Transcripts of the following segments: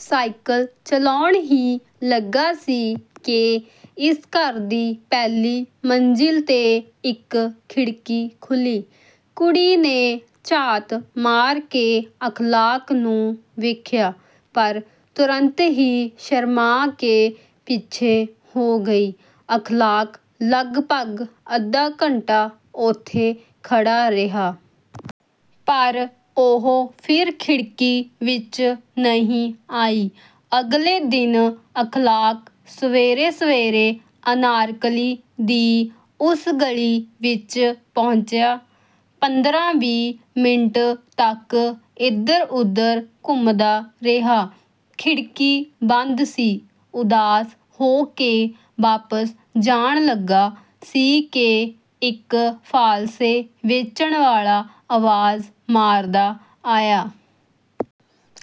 Cycle ਚਲਾਉਣ ਹੀ ਲੱਗਾ ਸੀ ਕਿ ਇਸ ਘਰ ਦੀ ਪਹਿਲੀ ਮੰਜ਼ਿਲ ਤੇ ਇੱਕ ਖਿੜਕੀ ਖੁੱਲ੍ਹੀ। ਕੁੜੀ ਨੇ ਝਾਤ ਮਾਰ ਕੇ ਅਖ਼ਲਾਕ ਨੂੰ ਵੇਖਿਆ। ਪਰ ਤੁਰੰਤ ਹੀ ਸ਼ਰਮਾ ਕੇ ਪਿੱਛੇ ਹੋ ਗਈ। ਅਖ਼ਲਾਕ ਲਗਭਗ ਅੱਧਾ ਘੰਟਾ ਉੱਥੇ ਖੜ੍ਹਾ ਰਿਹਾ। ਪਰ ਉਹ ਫਿਰ ਖਿੜਕੀ ਵਿੱਚ ਨਹੀਂ ਆਈ। ਅਗਲੇ ਦਿਨ ਅਖ਼ਲਾਕ ਸਵੇਰੇ-ਸਵੇਰੇ ਅਨਾਰਕਲੀ ਦੀ ਉਸ ਗਲੀ ਵਿੱਚ ਪਹੁੰਚਿਆ। ਪੰਦਰਾਂ-ਵੀਹ ਮਿੰਟ ਤੱਕ ਇੱਧਰ-ਉੱਧਰ ਘੁੰਮਦਾ ਰਿਹਾ। ਖਿੜਕੀ ਬੰਦ ਸੀ। ਉਦਾਸ ਹੋ ਕੇ ਵਾਪਸ ਜਾਣ ਲੱਗਾ ਸੀ ਕਿ ਇੱਕ ਫ਼ਾਲਸੇ ਵੇਚਣ ਵਾਲਾ ਆਵਾਜ਼ ਮਾਰਦਾ ਆਇਆ।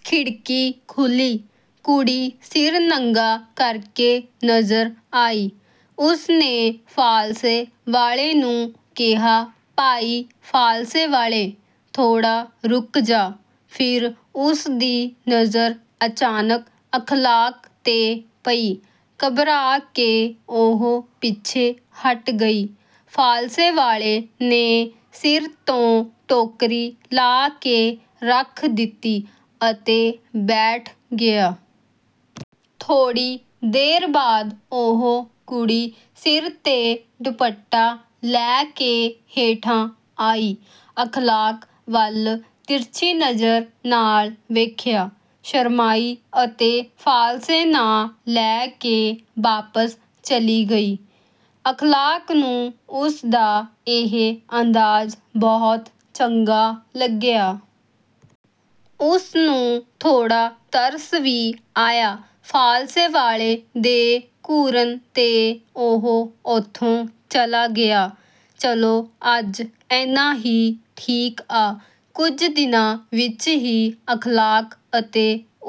ਖਿੜਕੀ ਖੁੱਲ੍ਹੀ, ਕੁੜੀ ਸਿਰ ਨੰਗਾ ਕਰਕੇ ਨਜ਼ਰ ਆਈ। ਉਸਨੇ ਫ਼ਾਲਸੇ ਵਾਲੇ ਨੂੰ ਕਿਹਾ "ਭਾਈ ਫ਼ਾਲਸੇ ਵਾਲੇ, ਥੋੜ੍ਹਾ ਰੁਕ ਜਾ।" ਫਿਰ ਉਸਦੀ ਨਜ਼ਰ ਅਚਾਨਕ ਅਖ਼ਲਾਕ ਤੇ ਪਈ। ਘਬਰਾ ਕੇ ਉਹ ਪਿੱਛੇ ਹਟ ਗਈ। ਫ਼ਾਲਸੇ ਵਾਲੇ ਨੇ ਸਿਰ ਤੋਂ ਟੋਕਰੀ ਲਾਹ ਕੇ ਰੱਖ ਦਿੱਤੀ ਅਤੇ ਬੈਠ ਗਿਆ। ਥੋੜ੍ਹੀ ਦੇਰ ਬਾਅਦ ਉਹ ਕੁੜੀ ਸਿਰ ਤੇ ਦੁਪੱਟਾ ਲੈ ਕੇ ਹੇਠਾਂ ਆਈ। ਅਖ਼ਲਾਕ ਵੱਲ ਤਿਰਛੀ ਨਜ਼ਰ ਨਾਲ ਵੇਖਿਆ। ਸ਼ਰਮਾਈ ਅਤੇ ਫ਼ਾਲਸੇ ਨਾ ਲੈ ਕੇ ਵਾਪਸ ਚਲੀ ਗਈ। ਅਖ਼ਲਾਕ ਨੂੰ ਉਸਦਾ ਇਹ ਅੰਦਾਜ਼ ਬਹੁਤ ਚੰਗਾ ਲੱਗਿਆ। ਉਸਨੂੰ ਥੋੜ੍ਹਾ ਤਰਸ ਵੀ ਆਇਆ। ਫ਼ਾਲਸੇ ਵਾਲੇ ਦੇ ਘੂਰਨ ਤੇ ਉਹ ਉੱਥੋਂ ਚਲਾ ਗਿਆ। "ਚਲੋ ਅੱਜ ਇੰਨਾ ਹੀ ਠੀਕ ਆ।" ਕੁਝ ਦਿਨਾਂ ਵਿੱਚ ਹੀ ਅਖ਼ਲਾਕ ਅਤੇ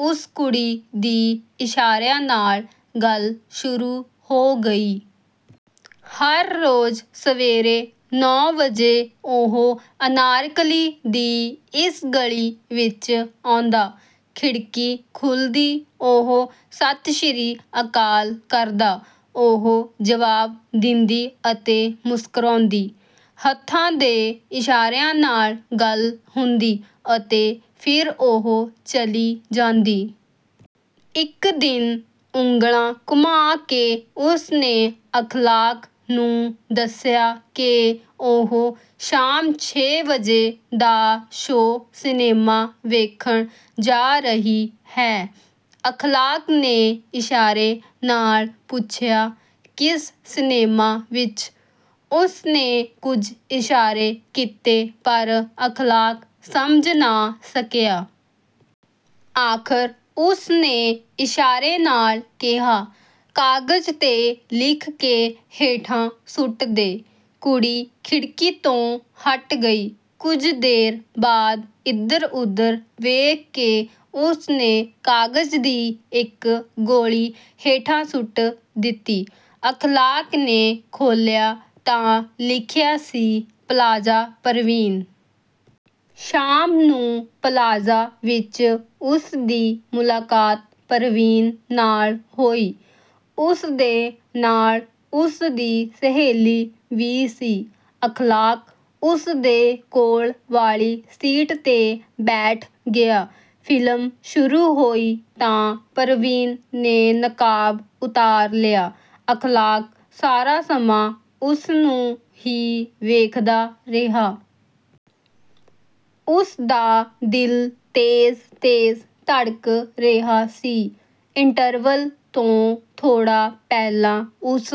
ਉਸ ਕੁੜੀ ਦੀ ਇਸ਼ਾਰਿਆਂ ਨਾਲ ਗੱਲ ਸ਼ੁਰੂ ਹੋ ਗਈ। ਹਰ ਰੋਜ਼ ਸਵੇਰੇ ਨੌਂ ਵਜੇ ਉਹ ਅਨਾਰਕਲੀ ਦੀ ਇਸ ਗਲੀ ਵਿੱਚ ਆਉਂਦਾ। ਖਿੜਕੀ ਖੁੱਲ੍ਹਦੀ, ਉਹ ਸਤਿ ਸ੍ਰੀ ਅਕਾਲ ਕਰਦਾ, ਉਹ ਜਵਾਬ ਦਿੰਦੀ ਅਤੇ ਮੁਸਕਰਾਉਂਦੀ। ਹੱਥਾਂ ਦੇ ਇਸ਼ਾਰਿਆਂ ਨਾਲ ਗੱਲ ਹੁੰਦੀ ਅਤੇ ਫਿਰ ਉਹ ਚਲੀ ਜਾਂਦੀ। ਇੱਕ ਦਿਨ ਉਂਗਲਾਂ ਘੁਮਾ ਕੇ ਉਸਨੇ ਅਖ਼ਲਾਕ ਨੂੰ ਦੱਸਿਆ ਕਿ ਉਹ ਸ਼ਾਮ ਛੇ ਵਜੇ ਦਾ ਸ਼ੋਅ ਸਿਨੇਮਾ ਵੇਖਣ ਜਾ ਰਹੀ ਹੈ। ਅਖ਼ਲਾਕ ਨੇ ਇਸ਼ਾਰੇ ਨਾਲ ਪੁੱਛਿਆ "ਕਿਸ ਸਿਨੇਮਾ ਵਿੱਚ?" ਉਸਨੇ ਕੁਝ ਇਸ਼ਾਰੇ ਕੀਤੇ ਪਰ ਅਖ਼ਲਾਕ ਸਮਝ ਨਾ ਸਕਿਆ। ਆਖ਼ਰ ਉਸਨੇ ਇਸ਼ਾਰੇ ਨਾਲ ਕਿਹਾ, "ਕਾਗਜ਼ ਤੇ ਲਿਖ ਕੇ ਹੇਠਾਂ ਸੁੱਟ ਦੇ।" ਕੁੜੀ ਖਿੜਕੀ ਤੋਂ ਹਟ ਗਈ। ਕੁਝ ਦੇਰ ਬਾਅਦ ਇੱਧਰ-ਉੱਧਰ ਵੇਖ ਕੇ ਉਸਨੇ ਕਾਗਜ਼ ਦੀ ਇੱਕ ਗੋਲੀ ਹੇਠਾਂ ਸੁੱਟ ਦਿੱਤੀ। ਅਖ਼ਲਾਕ ਨੇ ਖੋਲ੍ਹਿਆ ਤਾਂ ਲਿਖਿਆ ਸੀ "ਪਲਾਜ਼ਾ ਪਰਵੀਨ।" ਸ਼ਾਮ ਨੂੰ ਪਲਾਜ਼ਾ ਵਿੱਚ ਉਸਦੀ ਮੁਲਾਕਾਤ ਪਰਵੀਨ ਨਾਲ ਹੋਈ। ਉਸਦੇ ਨਾਲ ਉਸਦੀ ਸਹੇਲੀ ਵੀ ਸੀ। ਅਖ਼ਲਾਕ ਉਸਦੇ ਕੋਲ ਵਾਲੀ ਸੀਟ ਤੇ ਬੈਠ ਗਿਆ। ਫ਼ਿਲਮ ਸ਼ੁਰੂ ਹੋਈ ਤਾਂ ਪਰਵੀਨ ਨੇ ਨਕਾਬ ਉਤਾਰ ਲਿਆ। ਅਖ਼ਲਾਕ ਸਾਰਾ ਸਮਾਂ ਉਸਨੂੰ ਹੀ ਵੇਖਦਾ ਰਿਹਾ। ਉਸਦਾ ਦਿਲ ਤੇਜ਼-ਤੇਜ਼ ਧੜਕ ਰਿਹਾ ਸੀ। ਇੰਟਰਵਲ ਤੋਂ ਥੋੜ੍ਹਾ ਪਹਿਲਾਂ ਉਸ